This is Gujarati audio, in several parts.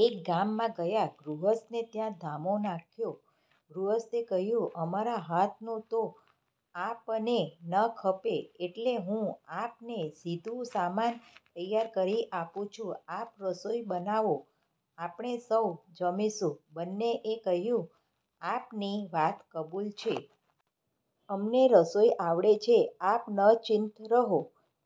એક ગામમાં ગયા. ગૃહસ્થને ત્યાં ધામો નાખ્યો. ગૃહસ્થે કહ્યું અમારા હાથનું તો આપને ન ખપે એટલે હું આપને સીધુ સામાન તૈયાર કરી આપું છું. આપ રસોઈ બનાવો આપણે સૌ જમીશું. બન્નેએ કહ્યું 'આપની વાત કબૂલ છે. અમને રસોઈ આવડે છે. આપ નચિંત રહો.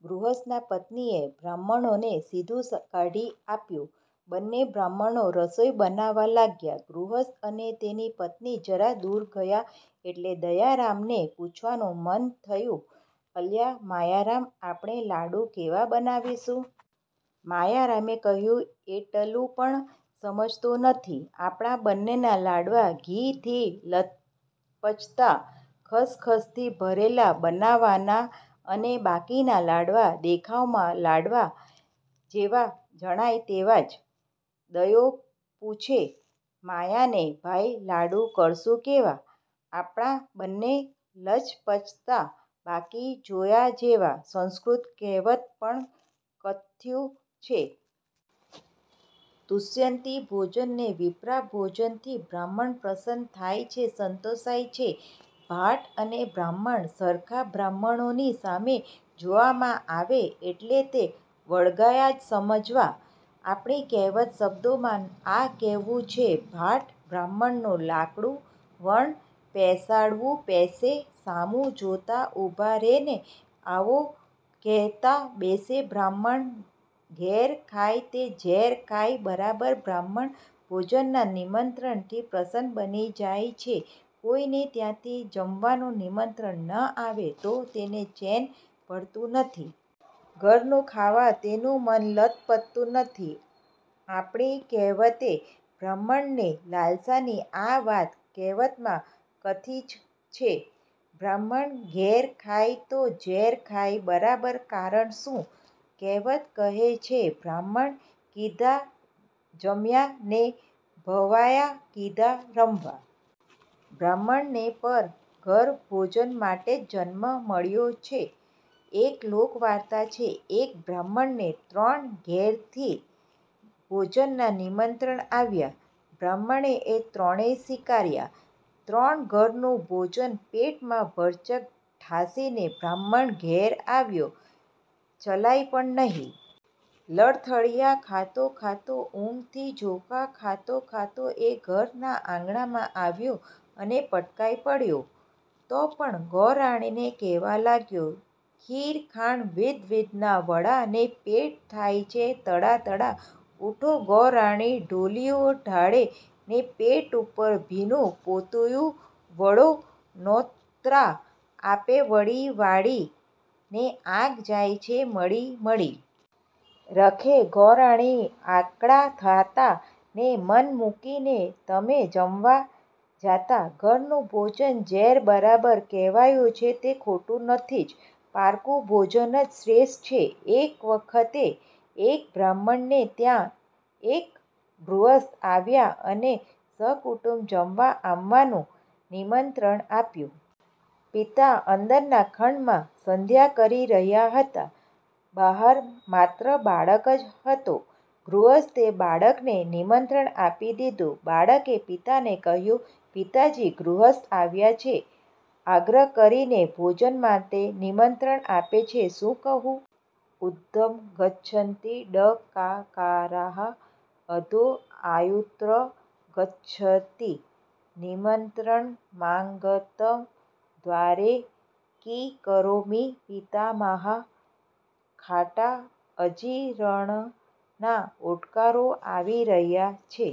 ગૃહસ્થના પત્નીએ બ્રાહ્મણોને સીધું કાઢી આપ્યું. બન્ને બ્રાહ્મણો રસોઈ બનાવવા લાગ્યા. ગૃહસ્થ અને તેની પત્ની જરા દૂર ગયાં એટલે દયારામને પૂછવાનું મન થયું અલ્યા મયારામ, આપણે લાડુ કેવા બનાવીશું? મયારામે કહ્યું એટલું પણ સમજતો નથી. આપણા બન્નેના લાડવા ઘીથી લચપચતા–ખસખસથી ભરેલા બનાવવાના અને બાકીના લાડવા દેખાવમાં લાદવા જેવા જણાય તેવા જ. દયો પૂછે મયાને ભાઈ લાડુ કરશું કેવા? આપણા બેના લચપચતા, બાકી જોયા જેવા, સંસ્કૃત કહેવતે પણ કથ્યું છે. તુષ્યન્તિ ભોજને વિપ્રા ભોજનથી બ્રાહ્મણ પ્રસન્ન થાય છે સંતોષાય છે. ભાટ અને બ્રાહ્મણ સરખા બ્રાહ્મણોની સામે જોવામાં આવે એટલે તે વળગ્યા જ સમજવા. આપણી કહેવતે શબ્દોમાં આ કહ્યું છે ભાટ બ્રાહ્મણનું લાકડું, વણ પેસાડ્યું પેસે; સામું જોતાં ઉભા રે' ને, આવો કે'તાં બેસે બ્રાહ્મણ ઘેર ખાય તે ઝેર ખાય બરાબર બ્રાહ્મણ ભોજનના નિમંત્રણથી પ્રસન્ન બની જાય છે કોઈને ત્યાંથી જમવાનું નિમંત્રણ ન આવે તો તેને ચેન પડતું નથી. ઘરનું ખાવા તેનું મન તલપતું નથી. આપણી કહેવતે બ્રાહ્મણની લાલસાની આ વાત કહેવતમાં કથી જ છે 'બ્રાહ્મણ ઘેર ખાય તો ઝેર ખાય બરાબર'કારણ શું? કહેવત કહે છે બ્રાહ્મણ કીધા જમવા ને ભવાયા કીધા રમવા. બ્રાહ્મણને પર ઘેર ભોજન માટે જ જન્મ મળ્યો છે. એક લોકવાર્તા છે. એક બ્રાહ્મણને ત્રણ ઘેરથી ભોજનના નિમંત્રણ આવ્યા. બ્રાહ્મણે એ ત્રણે સ્વીકાર્યા. ત્રણ ઘરનું ભોજન પેટમાં ભરચક ઠાંસીને બ્રાહ્મણ ઘેર આવ્યો. ચલાય પણ નહિ. લથડીયા ખાતો ખાતો ઊંઘથી ઝોકા ખાતો ખાતો એ ઘરના આંગણામાં આવ્યો અને પટકાઈ પડ્યો. તો પણ ગોરાણીને કહેવા લાગ્યો: ખીર ખાંડ વિધવિધના વડાં ને પેટ થાય છે તડાં તડાં ઊઠો ગોરાણી ઢોલીઓ ઢાળે, ને પેટ ઉપર ભીનું પોતીઉં વળો નોતરાં આપે વળી વાળી, ને આંખ જાય છે મળી મળી. રખે ગોરાણી આકળાં થાતાં, ને મને મૂકીને તમે જમવા જાતાં. 'ઘરનું ભોજન ઝેર બરાબર' કહેવાયું છે તે ખોટું નથી જ. પારકું ભોજન જ શ્રેષ્ઠ છે. એક વખતે એક બ્રાહ્મણને ત્યાં એક ગૃહસ્થ આવ્યા અને સહકુટુંબ જમવા આવવાનું નિમંત્રણ આપ્યું. પિતા અંદરના ખંડમાં સંધ્યા કરી રહ્યા હતા. બહાર માત્ર બાળક જ હતો. ગૃહસ્થે બાળકને નિમંત્રણ આપી દીધું. બાળકે પિતાને કહ્યું પિતાજી! ગૃહસ્થ આવ્યા છે. આગ્રહ કરીને ભોજન માટે નિમંત્રણ આપે છે. શું કહું? ઉધ્વ ગચ્છન્તિ ડકકારા: અધો વાયુર્ત ગચ્છતિ। નિમંત્રણમાગતં દ્વારે કિં કરોમિ પિતામહ॥ ખાટાં અજીરણના ઓડકારો આવી રહ્યાં છે.